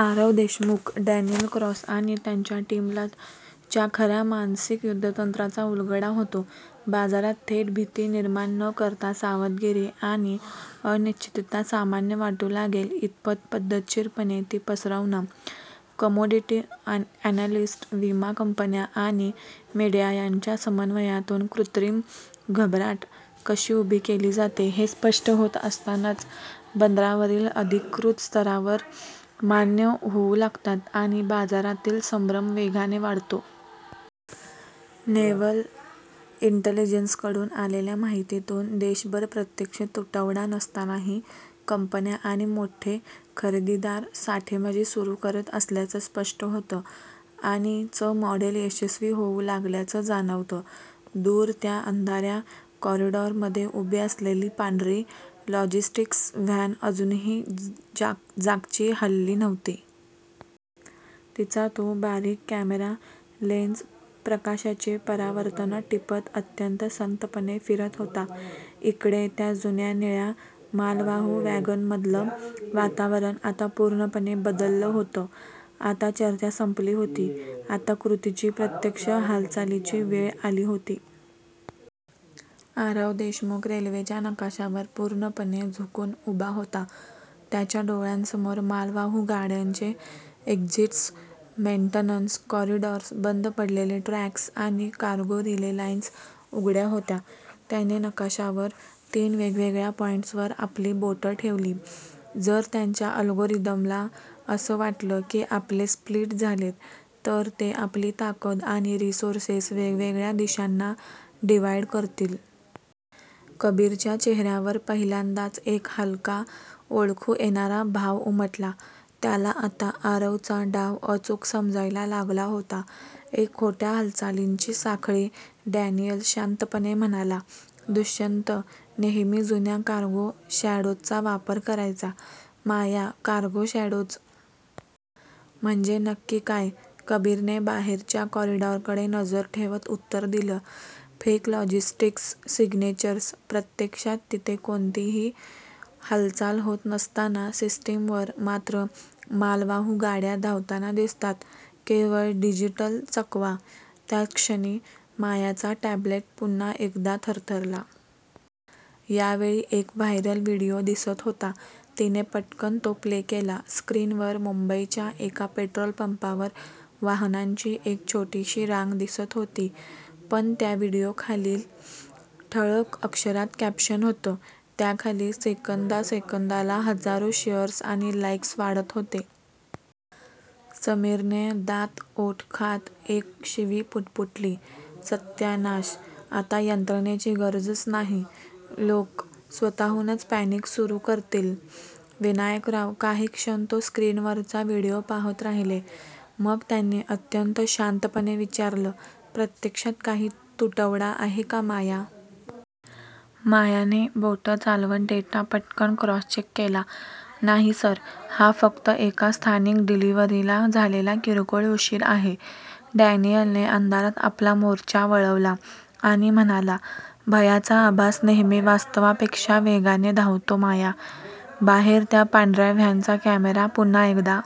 Aarav Deshmukh, Daniel Cross आणि त्यांच्या टीमला च्या खऱ्या मानसिक युद्धतंत्राचा उलगडा होतो. बाजारात थेट भीती निर्माण न करता, "सावधगिरी" आणि "अनिश्चितता" सामान्य वाटू लागेल इतपत पद्धतशीरपणे ती पसरवणं. कमोडिटी अॅनालिस्ट्स, विमा कंपन्या आणि मीडिया यांच्या समन्वयातून कृत्रिम घबराट कशी उभी केली जाते, हे स्पष्ट होत असतानाच बंदरांवरील अधिकृत स्तरावर मान्य होऊ लागतात आणि बाजारातील संभ्रम वेगाने वाढतो. नेव्हल इंटेलिजन्सकडून आलेल्या माहितीतून देशभर प्रत्यक्ष तुटवडा नसतानाही कंपन्या आणि मोठे खरेदीदार साठेबाजी सुरू करत असल्याचं स्पष्ट होतं, आणि चं मॉडेल यशस्वी होऊ लागल्याचं जाणवतं. दूर त्या अंधाऱ्या कॉरिडॉरमध्ये उभी असलेली पांढरी लॉजिस्टिक्स व्हॅन अजूनही जागची हलली नव्हती. तिचा तो बारीक कॅमेरा लेन्स प्रकाशाची परावर्तनं टिपत अत्यंत संथपणे फिरत होता. इकडे, त्या जुन्या निळ्या मालवाहू वॅगनमधलं वातावरण आता पूर्णपणे बदललं होतं. आता चर्चा संपली होती. आता कृतीची, प्रत्यक्ष हालचालीची वेळ आली होती. आरव देशमुख रेल्वेच्या नकाशावर पूर्णपणे झुकून उभा होता. त्याच्या डोळ्यांसमोर मालवाहू गाड्यांचे एक्झिट्स, मेन्टेनन्स कॉरिडॉर्स, बंद पडलेले ट्रॅक्स आणि कार्गो रिले लाईन्स उघड्या होत्या. त्याने नकाशावर तीन वेगवेगळ्या पॉइंट्सवर आपली बोटं ठेवली, "जर त्यांच्या अल्गोरिदमला असं वाटलं की आपले स्प्लिट झालेत तर ते आपली ताकद आणि रिसोर्सेस वेगवेगळ्या दिशांना डिव्हाईड करतील." कबीरच्या चेहऱ्यावर पहिल्यांदाच एक हलका, ओळखू येणारा भाव उमटला. त्याला आता आरवचा डाव अचूक समजायला लागला होता. "एक खोट्या हालचालींची साखळी." डॅनियल शांतपणे म्हणाला, "दुष्यंत नेहमी जुन्या कार्गो शॅडोजचा वापर करायचा. " माया,"कार्गो शॅडोज? म्हणजे नक्की काय? " कबीरने बाहेरच्या कॉरिडॉरकडे नजर ठेवत उत्तर दिलं, "फेक लॉजिस्टिक्स सिग्नेचर्स. प्रत्यक्षात तिथे कोणतीही हालचाल होत नसताना, सिस्टीमवर मात्र मालवाहू गाड्या धावताना दिसतात. केवळ डिजिटल चकवा! " त्याच क्षणी मायाचा टॅब्लेट पुन्हा एकदा थरथरला. यावेळी एक व्हायरल व्हिडिओ दिसत होता. तिने पटकन तो प्ले केला. स्क्रीनवर मुंबईच्या एका पेट्रोल पंपावर वाहनांची एक छोटीशी रांग दिसत होती. पण त्या व्हिडिओखाली ठळक अक्षरात कॅप्शन होतं. त्याखाली सेकंदासेकंदाला हजारो शेअर्स आणि लाईक्स वाढत होते. समीरने दात ओठ खात एक शिवी पुटपुटली, "सत्यानाश! आता यंत्रणेची गरजच नाही. लोक स्वतःहूनच पॅनिक सुरू करतील." विनायकराव काही क्षण तो स्क्रीनवरचा व्हिडिओ पाहत राहिले. मग त्यांनी अत्यंत शांतपणे विचारलं, "प्रत्यक्षात काही तुटवडा आहे का माया?" मायाने बोटं चालवत डेटा पटकन क्रॉस-चेक केला, "नाही सर. हा फक्त एका स्थानिक डिलिव्हरीला झालेला किरकोळ उशीर आहे." डॅनियलने अंधारात आपला मोर्चा वळवला आणि म्हणाला, "भयाचा आभास नेहमी वास्तवापेक्षा वेगाने धावतो माया." बाहेर, त्या पांढऱ्या व्हॅनचा कॅमेरा पुन्हा एकदा